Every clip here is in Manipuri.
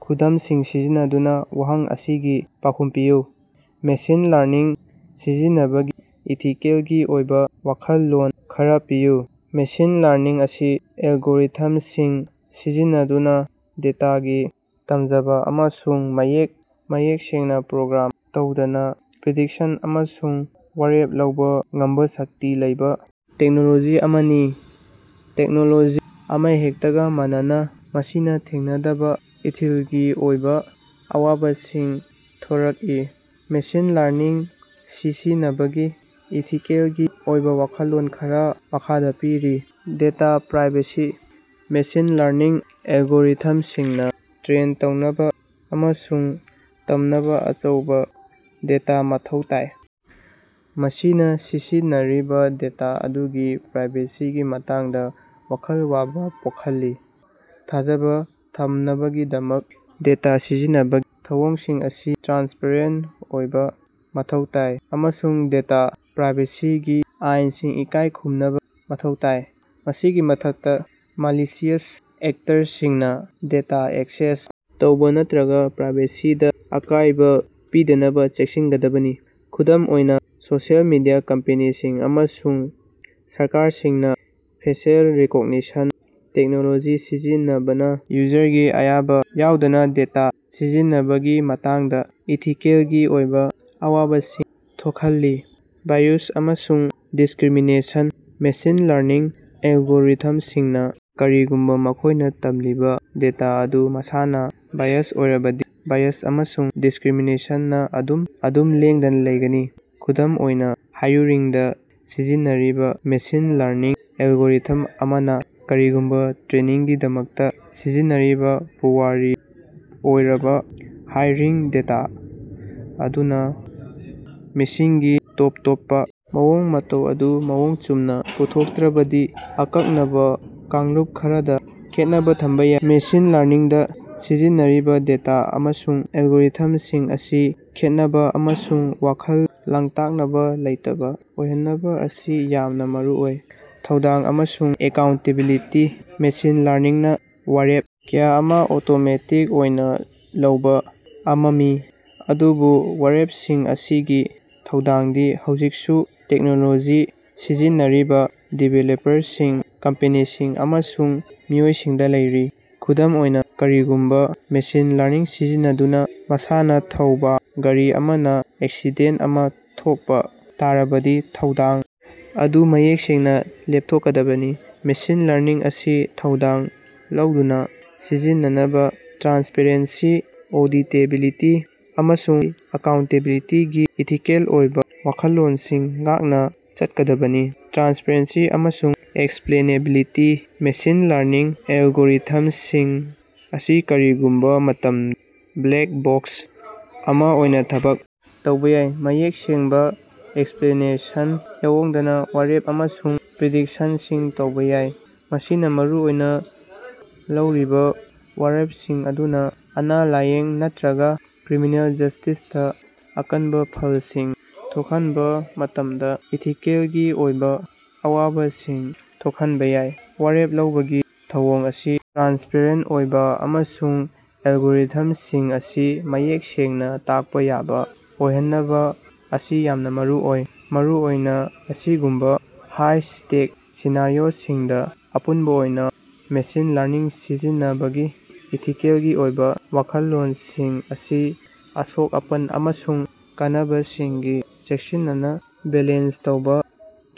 ꯈꯨꯗꯝꯁꯤꯡ ꯁꯤꯖꯤꯟꯅꯗꯨꯅꯥ ꯋꯥꯍꯪ ꯑꯁꯤꯒꯤ ꯄꯥꯎꯈꯨꯝ ꯄꯤꯌꯨ꯫ ꯃꯦꯁꯤꯟ ꯂꯔꯅꯤꯡ ꯁꯤꯖꯤꯟꯅꯕꯒꯤ ꯏꯊꯤꯀꯦꯜꯒꯤ ꯑꯣꯏꯕꯥ ꯋꯥꯈꯜꯂꯣꯟ ꯈꯔꯥ ꯄꯤꯌꯨ꯫ ꯃꯦꯁꯤꯟ ꯂꯔꯅꯤꯡ ꯑꯁꯤ ꯑꯦꯜꯒꯣꯔꯤꯊꯝꯁꯤꯡ ꯁꯤꯖꯤꯟꯅꯗꯨꯅꯥ ꯗꯦꯇꯥꯗꯒꯤ ꯇꯝꯖꯕꯥ ꯑꯃꯁꯨꯡ ꯃꯌꯦꯛ ꯁꯦꯡꯅꯥ ꯄ꯭ꯔꯣꯒ꯭ꯔꯥꯝ ꯇꯧꯗꯅꯥ ꯄ꯭ꯔꯤꯗꯤꯛꯁꯟ ꯑꯃꯁꯨꯡ ꯋꯥꯔꯦꯞ ꯂꯧꯕꯥ ꯉꯝꯕꯥ ꯁꯛꯇꯤ ꯂꯩꯕꯥ ꯇꯦꯛꯅꯣꯂꯣꯖꯤ ꯑꯃꯅꯤ꯫ ꯇꯦꯛꯅꯣꯂꯣꯖꯤ ꯑꯃꯍꯦꯛꯇꯒꯥ ꯃꯥꯟꯅꯅꯥ, ꯃꯁꯤꯅꯥ ꯊꯦꯡꯉꯗꯕꯥ ꯏꯊꯤꯜꯒꯤ ꯑꯣꯏꯕꯥ ꯑꯋꯥꯕꯁꯤꯡ ꯊꯣꯔꯀꯏ꯫ ꯃꯦꯁꯤꯟ ꯂꯔꯅꯤꯡ ꯁꯤꯁꯤꯟꯅꯕꯒꯤ ꯏꯊꯤꯀꯦꯜꯒꯤ ꯑꯣꯏꯕꯥ ꯋꯥꯈꯜꯂꯣꯟ ꯈꯔꯥ ꯃꯈꯥꯗꯥ ꯄꯤꯔꯤ: ꯗꯦꯇꯥ ꯄ꯭ꯔꯥꯏꯚꯦꯁꯤ: ꯃꯦꯁꯤꯟ ꯂꯔꯅꯤꯡ ꯑꯦꯜꯒꯣꯔꯤꯊꯝꯁꯤꯡꯅꯥ ꯇ꯭ꯔꯦꯟ ꯇꯧꯅꯕꯥ ꯑꯃꯁꯨꯡ ꯇꯝꯅꯕꯥ ꯑꯆꯧꯕꯥ ꯗꯦꯇꯥ ꯃꯊꯧ ꯇꯥꯏ, ꯃꯁꯤꯅꯥ ꯁꯤꯁꯤꯟꯅꯔꯤꯕꯥ ꯗꯦꯇꯥ ꯑꯗꯨꯒꯤ ꯄ꯭ꯔꯥꯏꯚꯦꯁꯤꯒꯤ ꯃꯇꯥꯡꯗꯥ ꯋꯥꯈꯜ ꯋꯥꯕꯥ ꯄꯣꯈꯜꯂꯤ꯫ ꯊꯥꯖꯕꯥ ꯊꯝꯅꯕꯒꯤꯗꯃꯛ ꯗꯦꯇꯥ ꯁꯤꯖꯤꯟꯅꯕꯒꯤ ꯊꯧꯑꯣꯡꯁꯤꯡ ꯑꯁꯤ ꯇ꯭ꯔꯥꯟꯁꯄꯔꯦꯟꯇ ꯑꯣꯏꯕꯥ ꯃꯊꯧ ꯇꯥꯏ, ꯑꯃꯁꯨꯡ ꯗꯦꯇꯥ ꯄ꯭ꯔꯥꯏꯚꯦꯁꯤꯒꯤ ꯑꯥꯏꯟꯁꯤꯡ ꯏꯀꯥꯏ ꯈꯨꯝꯅꯕꯥ ꯃꯊꯧ ꯇꯥꯏ꯫ ꯃꯁꯤꯒꯤ ꯃꯊꯛꯇꯥ, ꯃꯥꯂꯤꯁꯤꯌꯁ ꯑꯦꯛꯇꯔꯁꯤꯡꯅꯥ ꯗꯦꯇꯥ ꯑꯦꯛꯁꯦꯁ ꯇꯧꯕꯥ ꯅꯠꯇ꯭ꯔꯒꯥ ꯄ꯭ꯔꯥꯏꯚꯦꯁꯤꯗꯥ ꯑꯀꯥꯌꯕꯥ ꯄꯤꯗꯅꯕꯥ ꯆꯦꯛꯁꯤꯒꯗꯕꯅꯤ꯫ ꯈꯨꯗꯝ ꯑꯣꯏꯅꯥ, ꯁꯣꯁꯤꯑꯦꯜ ꯃꯤꯗꯤꯌꯥ ꯀꯝꯄꯅꯤꯁꯤꯡ ꯑꯃꯁꯨꯡ ꯁꯔꯀꯥꯔꯁꯤꯡꯅꯥ ꯐꯦꯁꯤꯑꯦꯜ ꯔꯤꯀꯣꯒꯅꯤꯁꯟ ꯇꯦꯛꯅꯣꯂꯣꯖꯤ ꯁꯤꯖꯤꯟꯅꯕꯅꯥ ꯌꯨꯖꯔꯒꯤ ꯑꯌꯥꯕꯥ ꯌꯥꯎꯗꯅꯥ ꯗꯦꯇꯥ ꯁꯤꯖꯤꯟꯕꯒꯤ ꯃꯇꯥꯡꯗꯥ ꯏꯊꯤꯀꯦꯜꯒꯤ ꯑꯣꯏꯕꯥ ꯑꯋꯥꯕꯁꯤꯡ ꯊꯣꯈꯜꯂꯤ꯫ ꯕꯥꯏꯌꯁ ꯑꯃꯁꯨꯡ ꯗꯤꯁꯀ꯭ꯔꯤꯃꯤꯅꯦꯁꯟ: ꯃꯦꯁꯤꯟ ꯂꯔꯅꯤꯡ ꯑꯦꯂꯒꯣꯔꯤꯊꯝꯁꯤꯡꯅꯥ ꯀꯔꯤꯒꯨꯝꯕꯥ ꯃꯈꯣꯏꯅꯥ ꯇꯝꯂꯤꯕꯥ ꯗꯦꯇꯥ ꯑꯗꯨ ꯃꯁꯥꯅꯥ ꯕꯥꯏꯌꯖ ꯑꯣꯏꯔꯕꯗꯤ ꯕꯥꯏꯌꯁ ꯑꯃꯁꯨꯡ ꯗꯤꯁꯀ꯭ꯔꯤꯃꯤꯅꯦꯁꯟ ꯑꯗꯨ ꯂꯦꯡꯗꯅꯥ ꯂꯩꯒꯅꯤ꯫ ꯈꯨꯗꯝ ꯑꯣꯏꯅꯥ, ꯍꯥꯏꯌ꯭ꯔꯤꯡꯗꯥ ꯁꯤꯖꯤꯟꯅꯔꯤꯕꯥ ꯃꯦꯁꯤꯟ ꯂꯔꯅꯤꯡ ꯑꯦꯜꯒꯣꯔꯤꯊꯝ ꯑꯃꯅꯥ ꯀꯔꯤꯒꯨꯝꯕꯥ ꯇ꯭ꯔꯦꯅꯤꯡꯒꯤꯗꯃꯛꯇꯥ ꯁꯤꯖꯤꯟꯅꯔꯤꯕꯥ ꯄꯨꯋꯥꯔꯤ ꯑꯣꯏꯔꯕꯥ ꯍꯥꯏꯔꯤꯡ ꯗꯦꯇꯥ ꯑꯗꯨꯅꯥ ꯃꯤꯁꯤꯡꯒꯤ ꯇꯣꯞ ꯇꯣꯞꯄꯥ ꯃꯑꯣꯡ-ꯃꯇꯧ ꯑꯗꯨ ꯃꯑꯣꯡ ꯆꯨꯝꯅꯥ ꯄꯨꯊꯣꯛꯇ꯭ꯔꯕꯗꯤ ꯑꯀꯛꯅꯕꯥ ꯀꯥꯡꯂꯨꯞ ꯈꯔꯗꯥ ꯈꯦꯠꯅꯕꯥ ꯊꯃꯕꯥ ꯌꯥꯏ꯫ ꯃꯦꯁꯤꯟ ꯂꯔꯅꯤꯡꯗꯥ ꯁꯤꯖꯤꯟꯅꯔꯤꯕꯥ ꯗꯦꯇꯥ ꯑꯃꯁꯨꯡ ꯑꯦꯜꯒꯣꯔꯤꯊꯝꯁꯤꯡ ꯑꯁꯤ ꯈꯦꯠꯅꯕꯥ ꯑꯃꯁꯨꯡ ꯋꯥꯈꯜ ꯂꯥꯡꯇꯛꯅꯕꯥ ꯂꯩꯇꯕꯥ ꯑꯣꯏꯍꯟꯕꯥ ꯑꯁꯤ ꯌꯥꯝꯅꯥ ꯃꯔꯨꯑꯣꯏ꯫ ꯊꯧꯗꯥꯡ ꯑꯃꯁꯨꯡ ꯑꯦꯀꯥꯎꯟꯇꯦꯕꯤꯂꯤꯇꯤ: ꯃꯦꯁꯤꯟ ꯂꯔꯅꯤꯡꯅꯥ ꯋꯥꯔꯦꯞ ꯀꯌꯥ ꯑꯃꯥ ꯑꯣꯇꯣꯃꯦꯇꯤꯛ ꯑꯣꯏꯅꯥ ꯂꯧꯕꯥ ꯉꯝꯃꯤ, ꯑꯗꯨꯕꯨ ꯋꯥꯔꯦꯄꯁꯤꯡ ꯑꯁꯤꯒꯤ ꯊꯧꯗꯥꯡꯗꯤ ꯍꯧꯖꯤꯀꯁꯨ ꯇꯦꯛꯅꯣꯂꯣꯖꯤ ꯁꯤꯖꯤꯟꯅꯔꯤꯕꯥ ꯗꯤꯕꯦꯂꯄꯔꯁꯤꯡ, ꯀꯝꯄꯦꯅꯤꯁꯤꯡ ꯑꯃꯁꯨꯡ ꯃꯤꯑꯣꯏꯁꯤꯡꯗꯥ ꯂꯩꯔꯤ꯫ ꯈꯨꯗꯝ ꯑꯣꯏꯅꯥ, ꯀꯔꯤꯒꯨꯝꯕꯥ ꯃꯦꯁꯤꯟ ꯂꯔꯅꯤꯡ ꯁꯤꯖꯤꯟꯅꯗꯨꯅꯥ ꯃꯁꯥꯅꯥ ꯊꯧꯕꯥ ꯒꯥꯔꯤ ꯑꯃꯅꯥ ꯑꯦꯛꯁꯤꯗꯦꯟꯇ ꯑꯃꯥ ꯊꯣꯛꯕꯥ ꯇꯥꯔꯕꯗꯤ, ꯊꯧꯗꯥꯡ ꯑꯗꯨ ꯃꯌꯦꯛ ꯁꯦꯡꯅꯥ ꯂꯦꯄꯊꯣꯛꯀꯗꯕꯅꯤ꯫ ꯃꯦꯁꯤꯟ ꯂꯔꯅꯤꯡ ꯑꯁꯤ ꯊꯧꯗꯥꯡ ꯂꯧꯗꯨꯅꯥ ꯁꯤꯖꯤꯟꯅꯅꯕꯥ ꯇ꯭ꯔꯥꯟꯁꯄ꯭ꯔꯦꯟꯁꯤ, ꯑꯣꯗꯤꯇꯦꯕꯤꯂꯤꯇꯤ, ꯑꯃꯁꯨꯡ ꯑꯦꯀꯥꯎꯟꯇꯦꯕꯤꯂꯤꯇꯤꯒꯤ ꯏꯊꯤꯀꯦꯜꯒꯤ ꯑꯣꯏꯕꯥ ꯋꯥꯈꯜꯂꯣꯅꯁꯤꯡ ꯉꯥꯛꯅꯥ ꯆꯠꯀꯗꯕꯅꯤ꯫ ꯇ꯭ꯔꯥꯟꯁꯄꯔꯦꯟꯁꯤ ꯑꯃꯁꯨꯡ ꯑꯦꯛꯁꯄ꯭ꯂꯦꯅꯦꯕꯤꯂꯤꯇꯤ: ꯃꯦꯁꯤꯟ ꯂꯔꯅꯤꯡ ꯑꯦꯂꯒꯣꯔꯤꯊꯃꯁꯤꯡ ꯑꯁꯤ ꯀꯔꯤꯒꯨꯝꯕꯥ ꯃꯇꯃꯗꯥ "ꯕ꯭ꯂꯦꯛ ꯕꯣꯛꯁ" ꯑꯃꯥ ꯑꯣꯏꯅꯥ ꯊꯕꯛ ꯇꯧꯕꯥ ꯌꯥꯏ, ꯃꯌꯦꯛ ꯁꯦꯡꯕꯥ ꯑꯦꯛꯁꯄ꯭ꯂꯦꯅꯦꯁꯟ ꯌꯥꯑꯣꯗꯅꯥ ꯋꯥꯔꯦꯞ ꯑꯃꯁꯨꯡ ꯄ꯭ꯔꯤꯗꯤꯛꯁꯟꯁꯤꯡ ꯂꯧꯕꯥ ꯌꯥꯏ꯫ ꯃꯁꯤꯅꯥ ꯃꯔꯨꯑꯣꯏꯅꯥ ꯂꯧꯔꯤꯕꯥ ꯋꯥꯔꯦꯞꯁꯤꯡ ꯑꯗꯨꯅꯥ ꯑꯅ-ꯂꯥꯏꯌꯦꯡ ꯅꯠꯇ꯭ꯔꯒꯥ ꯀ꯭ꯔꯤꯃꯤꯅꯦꯜ ꯖꯁ꯭ꯇꯤꯁꯇꯥ ꯑꯀꯟꯕꯥ ꯐꯂꯜꯁꯤꯡ ꯊꯣꯛꯍꯟꯕꯥ ꯃꯇꯝꯗꯥ ꯏꯊꯤꯀꯦꯂꯒꯤ ꯑꯣꯏꯕꯥ ꯑꯋꯥꯕꯁꯤꯡ ꯊꯣꯛꯍꯟꯕꯥ ꯌꯥꯏ꯫ ꯋꯥꯔꯦꯞ ꯂꯧꯕꯒꯤ ꯊꯧꯑꯣꯡ ꯑꯁꯤ ꯇ꯭ꯔꯥꯟꯁꯄ꯭ꯔꯦꯟꯇ ꯑꯣꯏꯕꯥ ꯑꯃꯁꯨꯡ ꯑꯦꯂꯒꯣꯔꯤꯊꯝꯁꯤꯡ ꯑꯁꯤ ꯃꯌꯦꯛ ꯁꯦꯡꯅꯥ ꯇꯥꯛꯄꯥ ꯌꯥꯕꯥ ꯑꯣꯏꯍꯟꯕꯥ ꯑꯁꯤ ꯌꯥꯝꯅꯥ ꯃꯔꯨꯑꯣꯏ, ꯃꯔꯨꯑꯣꯏꯅꯥ ꯑꯁꯤꯒꯨꯝꯕꯥ ꯍꯥꯏ-ꯁ꯭ꯇꯦꯛ ꯁꯤꯅꯥꯔꯤꯑꯣꯁꯤꯡꯗꯥ꯫ ꯑꯄꯨꯟꯕꯥ ꯑꯣꯏꯅꯥ, ꯃꯦꯁꯤꯟ ꯂꯔꯅꯤꯡ ꯁꯤꯖꯤꯟꯅꯕꯒꯤ ꯏꯊꯤꯀꯦꯜꯒꯤ ꯑꯣꯏꯕꯥ ꯋꯥꯈꯜꯂꯣꯅꯁꯤꯡ ꯑꯁꯤ ꯑꯁꯣꯛ-ꯑꯄꯟ ꯑꯃꯁꯨꯡ ꯀꯥꯟꯅꯕꯁꯤꯡꯒꯤ ꯆꯦꯀꯁꯤꯟꯅꯥ ꯕꯦꯂꯦꯟꯁ ꯇꯧꯕꯥ,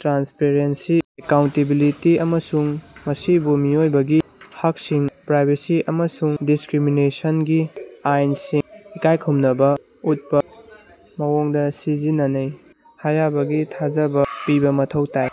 ꯇ꯭ꯔꯥꯟꯁꯄ꯭ꯔꯦꯟꯁꯤ, ꯑꯦꯀꯥꯎꯟꯇꯦꯕꯤꯂꯤꯇꯤ, ꯑꯃꯁꯨꯡ ꯃꯁꯤꯕꯨ ꯃꯤꯑꯣꯏꯕꯒꯤ ꯍꯛꯁꯤꯡ, ꯄ꯭ꯔꯥꯏꯚꯦꯁꯤ ꯑꯃꯁꯨꯡ ꯗꯤꯁꯀ꯭ꯔꯤꯃꯤꯅꯦꯁꯒꯤ ꯑꯥꯏꯟꯁꯤꯡ ꯏꯀꯥꯏꯈꯨꯝꯅꯕꯥ ꯑꯨꯠꯄꯥ ꯃꯑꯣꯡꯗꯥ ꯁꯤꯖꯤꯟꯅꯩ ꯍꯥꯌꯕꯒꯤ ꯊꯥꯖꯕꯥ ꯄꯤꯕꯥ ꯃꯊꯧ ꯇꯥꯏ꯫